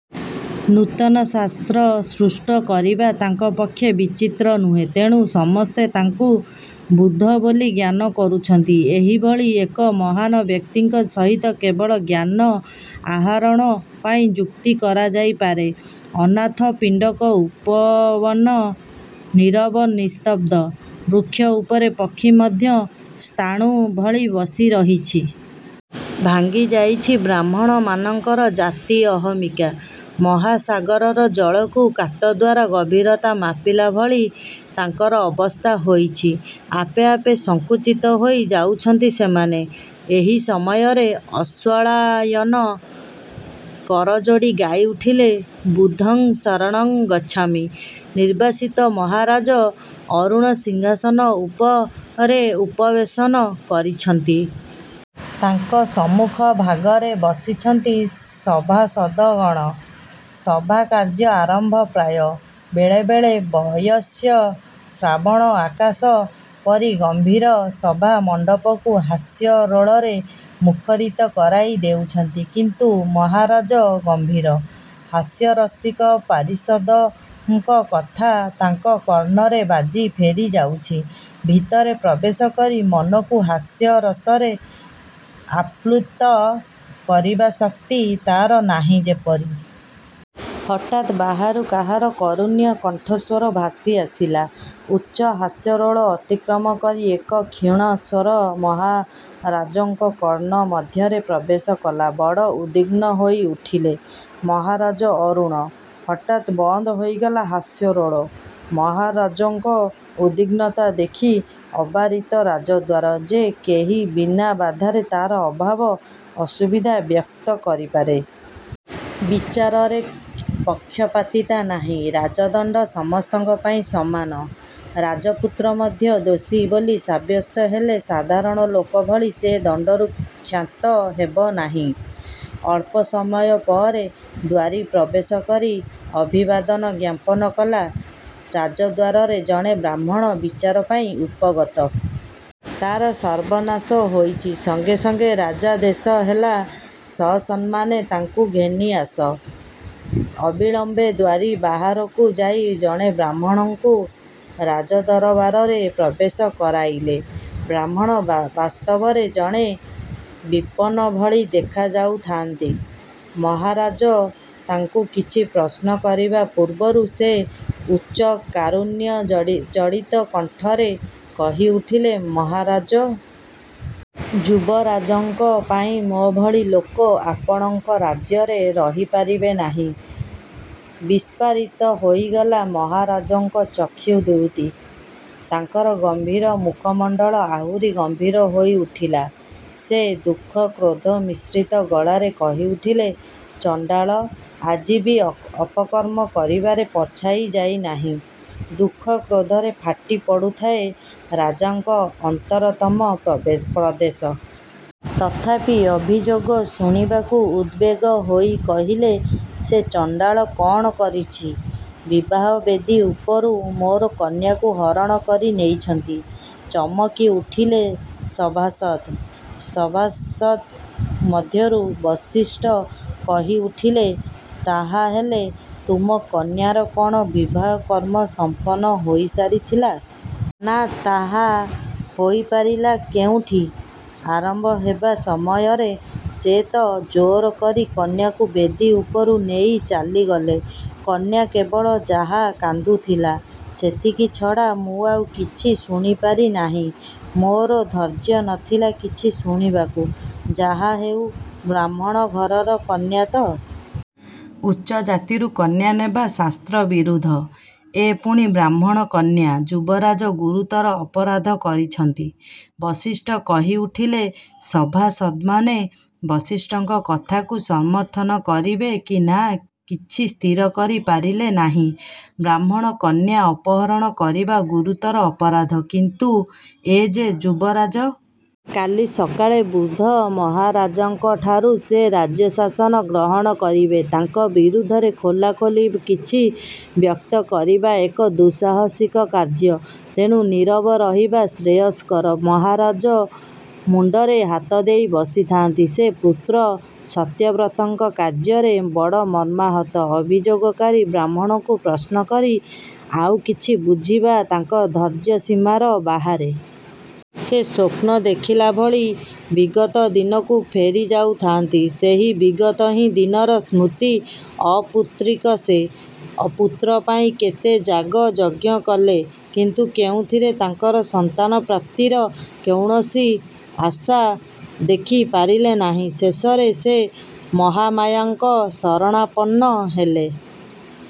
ନୂତନ ଶାସ୍ତ୍ର ସୃଷ୍ଟ କରିବା ତାଙ୍କ ପକ୍ଷେ ବିଚିତ୍ର ନୁହେଁ। ତେଣୁ ସମସ୍ତେ ତାଙ୍କୁ ବୁଦ୍ଧ ବୋଲି ଜ୍ଞାନ କରୁଛନ୍ତି। ଏହିଭଳି ଏକ ମହାନ୍ ବ୍ୟକ୍ତିଙ୍କ ସହିତ କେବଳ ଜ୍ଞାନ ଆହରଣ ପାଇଁ ଯୁକ୍ତି କରାଯାଇପାରେ। ଅନାଥପିଣ୍ଡକ ଉପବନ ନିରବ ନିସ୍ତବ୍ଦ। ବୃକ୍ଷ ଉପରେ ପକ୍ଷୀ ମଧ୍ୟ ସ୍ଥାଣୁ ଭଳି ବସିରହିଛି। ଭାଙ୍ଗିଯାଇଛି ବ୍ରାହ୍ମଣମାନଙ୍କର ଜାତି ଅହମିକା। ମହାସାଗରର ଜଳକୁ କାତଦ୍ୱାରା ଗଭୀରତା ମାପିଲା ଭଳି ତାଙ୍କର ଅବସ୍ଥା ହୋଇଛି। ଆପେ ଆପେ ସଙ୍କୁଚିତ ହୋଇ ଯାଉଛନ୍ତି ସେମାନେ। ଏହି ସମୟରେ ଅଶ୍ୱଳାୟନ କରଯୋଡ଼ି ଗାଇଉଠିଲେ– ବୁଦ୍ଧଂ ଶରଣଂ ଗଚ୍ଛାମି ନିର୍ବାସିତ ମହାରାଜ ଅରୁଣ ସିଂହାସନ ଉପରେ ଉପବେଶନ କରିଛନ୍ତି। ତାଙ୍କ ସମ୍ମୁଖ ଭାଗରେ ବସିଛନ୍ତି ସଭାସଦଗଣ। ସଭା କାର୍ଯ୍ୟ ଆରମ୍ଭ ପ୍ରାୟ। ବେଳେ ବେଳେ ବୟସ୍ୟ ଶ୍ରାବଣ ଆକାଶ ପରି ଗମ୍ଭୀର ସଭା ମଣ୍ଡପକୁ ହାସ୍ୟରୋଳରେ ମୁଖରିତ କରାଇ ଦେଉଛନ୍ତି; କିନ୍ତୁ ମହାରାଜ ଗମ୍ଭୀର-। ହାସ୍ୟରସିକ ପାରିଷଦଙ୍କ କଥା ତାଙ୍କ କର୍ଣ୍ଣରେ ବାଜି ଫେରିଯାଉଛି। ଭିତରେ ପ୍ରବେଶ କରି ମନକୁ ହାସ୍ୟରସରେ ଆପ୍ଳୁତ କରିବା ଶକ୍ତି ତା'ର ନାହିଁ ଯେପରି। ହଠାତ୍ ବାହାରୁ କାହାର କରୁଣ୍ୟ କଣ୍ଠସ୍ୱର ଭାସିଆସିଲା। ଉଚ୍ଚ ହାସ୍ୟରୋଳ ଅତିକ୍ରମ କରି ଏକ କ୍ଷୀଣସ୍ୱର ମହାରାଜଙ୍କ କର୍ଣ୍ଣ ମଧ୍ୟରେ ପ୍ରବେଶ କଲା। ବଡ଼ ଉଦ୍ବିଘ୍ନ ହୋଇଉଠିଲେ ମହାରାଜ 'ଅରୁଣ'। ହଠାତ୍ ବନ୍ଦ ହୋଇଗଲା ହାସ୍ୟରୋଳ, ମହାରାଜଙ୍କ ଉଦ୍ବିଘ୍ନତା ଦେଖି। ଅବାରିତ ରାଜଦ୍ୱାର। ଯେ କେହି ବିନା ବାଧାରେ ତା'ର ଅଭାବ ଅସୁବିଧା ବ୍ୟକ୍ତ କରିପାରେ। ବିଚାରରେ ପକ୍ଷପାତିତା ନାହିଁ। ରାଜଦଣ୍ଡ ସମସ୍ତଙ୍କ ପାଇଁ ସମାନ। ରାଜପୁତ୍ର ମଧ୍ୟ ଦୋଷୀ ବୋଲି ସାବ୍ୟସ୍ତ ହେଲେ ସାଧାରଣ ଲୋକ ଭଳି ସେ ଦଣ୍ଡରୁ କ୍ଷାନ୍ତ ହେବ ନାହିଁ। ଅଳ୍ପ ସମୟ ପରେ ଦ୍ୱାରୀ ପ୍ରବେଶ କରି ଅଭିବାଦନ ଜ୍ଞାପନ କଲା। ରାଜଦ୍ୱାରରେ ଜଣେ ବ୍ରାହ୍ମଣ ବିଚାର ପାଇଁ ଉପଗତ। ତା'ର ସର୍ବନାଶ ହୋଇଛି। ସଙ୍ଗେ ସଙ୍ଗେ ରାଜାଦେଶ ହେଲା ସସମ୍ମାନେ ତାଙ୍କୁ ଘେନିଆସ। ଅବିଳମ୍ୱେ ଦ୍ୱାରୀ ବାହାରକୁ ଯାଇ ଜଣେ ବ୍ରାହ୍ମଣଙ୍କୁ ରାଜଦରବାରରେ ପ୍ରବେଶ କରାଇଲେ। ବ୍ରାହ୍ମଣ ବାସ୍ତବରେ ଜଣେ ବିପନ୍ନଭଳି ଦେଖାଯାଉଥାନ୍ତି। ମହାରାଜ ତାଙ୍କୁ କିଛି ପ୍ରଶ୍ନ କରିବା ପୂର୍ବରୁ ସେ ଉଚ୍ଚ କାରୁଣ୍ୟଜଡ଼ି ଜଡ଼ିତ କଣ୍ଠରେ କହିଉଠିଲେ, ମହାରାଜ! ଯୁବରାଜଙ୍କ ପାଇଁ ମୋ ଭଳି ଲୋକ। ଆପଣଙ୍କ ରାଜ୍ୟରେ ରହିପାରିବେ ନାହିଁ। ବିସ୍ଫାରିତ ହୋଇଗଲା ମହାରାଜଙ୍କ ଚକ୍ଷୁ ଦୁଇଟି। ତାଙ୍କର ଗମ୍ଭୀର ମୁଖମଣ୍ଡଳ ଆହୁରି ଗମ୍ଭୀର ହୋଇଉଠିଲା। ସେ ଦୁଃଖ-କ୍ରୋଧ-ମିଶ୍ରିତ ଗଳାରେ କହି ଉଠିଲେ ଚଣ୍ଡାଳ ଆଜି ବି ଅପକର୍ମ କରିବାରେ ପଛାଇ ଯାଇନାହିଁ। ଦୁଃଖ କ୍ରୋଧରେ ଫାଟି ପଡ଼ୁଥାଏ ରାଜାଙ୍କ ଅନ୍ତରତମ ପ୍ରଦେଶ। ତଥାପି ଅଭିଯୋଗ ଶୁଣିବାକୁ ଉଦବେଗ ହୋଇ କହିଲେ, ସେ ଚଣ୍ଡାଳ କ'ଣ କରିଛି! ବିବାହ ବେଦୀ ଉପରୁ ମୋର କନ୍ୟାକୁ ହରଣ କରି ନେଇଛନ୍ତି। ଚମକି ଉଠିଲେ ସଭାସଦ୍। ସଭାସଦ୍ଙ୍କ ମଧ୍ୟରୁ ବଶିଷ୍ଠ କହି ଉଠିଲେ, ତାହାହେଲେ ତୁମ କନ୍ୟାର କ'ଣ ବିବାହ କର୍ମ ସମ୍ପନ୍ନ ହୋଇସାରିଥିଲା? ନା, ତାହା ହୋଇପାରିଲା କେଉଁଠି! ଆରମ୍ଭ ହେବା ସମୟରେ ସେ'ତ ଜୋର କରି କନ୍ୟାକୁ ବେଦୀ ଉପରୁ ନେଇ ଚାଲିଗଲେ। କନ୍ୟା କେବଳ ଯାହା କାନ୍ଦୁଥିଲା ସେତିକି ଛଡ଼ା ମୁଁ ଆଉ କିଛି ଶୁଣିପାରି ନାହିଁ। ମୋ'ର ଧୈର୍ଯ୍ୟ ନଥିଲା କିଛି ଶୁଣିବାକୁ। ଯାହାହେଉ ବ୍ରାହ୍ମଣ ଘରର କନ୍ୟା ତ। ଉଚ୍ଚ ଜାତିରୁ କନ୍ୟାନେବା ଶାସ୍ତ୍ରବିରୁଦ୍ଧ। ଏ ପୁଣି ବ୍ରାହ୍ମଣ କନ୍ୟା। ଯୁବରାଜ ଗୁରୁତର ଅପରାଧ କରିଛନ୍ତି, ବଶିଷ୍ଠ କହିଉଠିଲେ। ସଭାସଦ୍ମାନେ ବଶିଷ୍ଠଙ୍କ କଥାକୁ ସମର୍ଥନ କରିବେ କି ନା କିଛି ସ୍ଥିରକରି ପାରିଲେ ନାହିଁ। ବ୍ରାହ୍ମଣ କନ୍ୟା ଅପହରଣ କରିବା ଗୁରୁତର ଅପରାଧ। କିନ୍ତୁ ଏ ଯେ ଯୁବରାଜ। କାଲି ସକାଳେ ବୃଦ୍ଧ ମହାରାଜାଙ୍କଠାରୁ ସେ ରାଜ୍ୟଶାସନ ଗ୍ରହଣ କରିବେ। ତାଙ୍କ ବିରୁଦ୍ଧରେ ଖୋଲା ଖୋଲି କିଛି ବ୍ୟକ୍ତ କରିବା ଏକ ଦୁଃସାହସିକ କାର୍ଯ୍ୟ। ତେଣୁ ନୀରବ ରହିବା ଶ୍ରେୟସ୍କର। ମହାରାଜ ମୁଣ୍ଡରେ ହାତଦେଇ ବସିଥାନ୍ତି; ସେ ପୁତ୍ର ସତ୍ୟବ୍ରତଙ୍କ କାର୍ଯ୍ୟରେ ବଡ଼ ମର୍ମାହତ। ଅଭିଯୋଗକାରୀ ବ୍ରାହ୍ମଣଙ୍କୁ ପ୍ରଶ୍ନ କରି ଆଉ କିଛି ବୁଝିବା ତାଙ୍କ ଧୈର୍ଯ୍ୟସୀମାର ବାହାରେ। ସେ ସ୍ୱପ୍ନ ଦେଖିଲା ଭଳି ବିଗତ ଦିନକୁ ଫେରିଯାଉଥାନ୍ତି–ସେହି ବିଗତହିଁ ଦିନର ସ୍ମୃତି–ଅପୁତ୍ରିକ ସେ। ପୁତ୍ର ପାଇଁ କେତେ ଯାଗ ଯଜ୍ଞ କଲେ; କିନ୍ତୁ କେଉଁଥିରେ ତାଙ୍କର ସନ୍ତାନପ୍ରାପ୍ତିର କୌଣସି ଆଶା ଦେଖି ପାରିଲେ ନାହିଁ। ଶେଷରେ ସେ ମହାମାୟାଙ୍କ ଶରଣାପନ୍ନ ହେଲେ।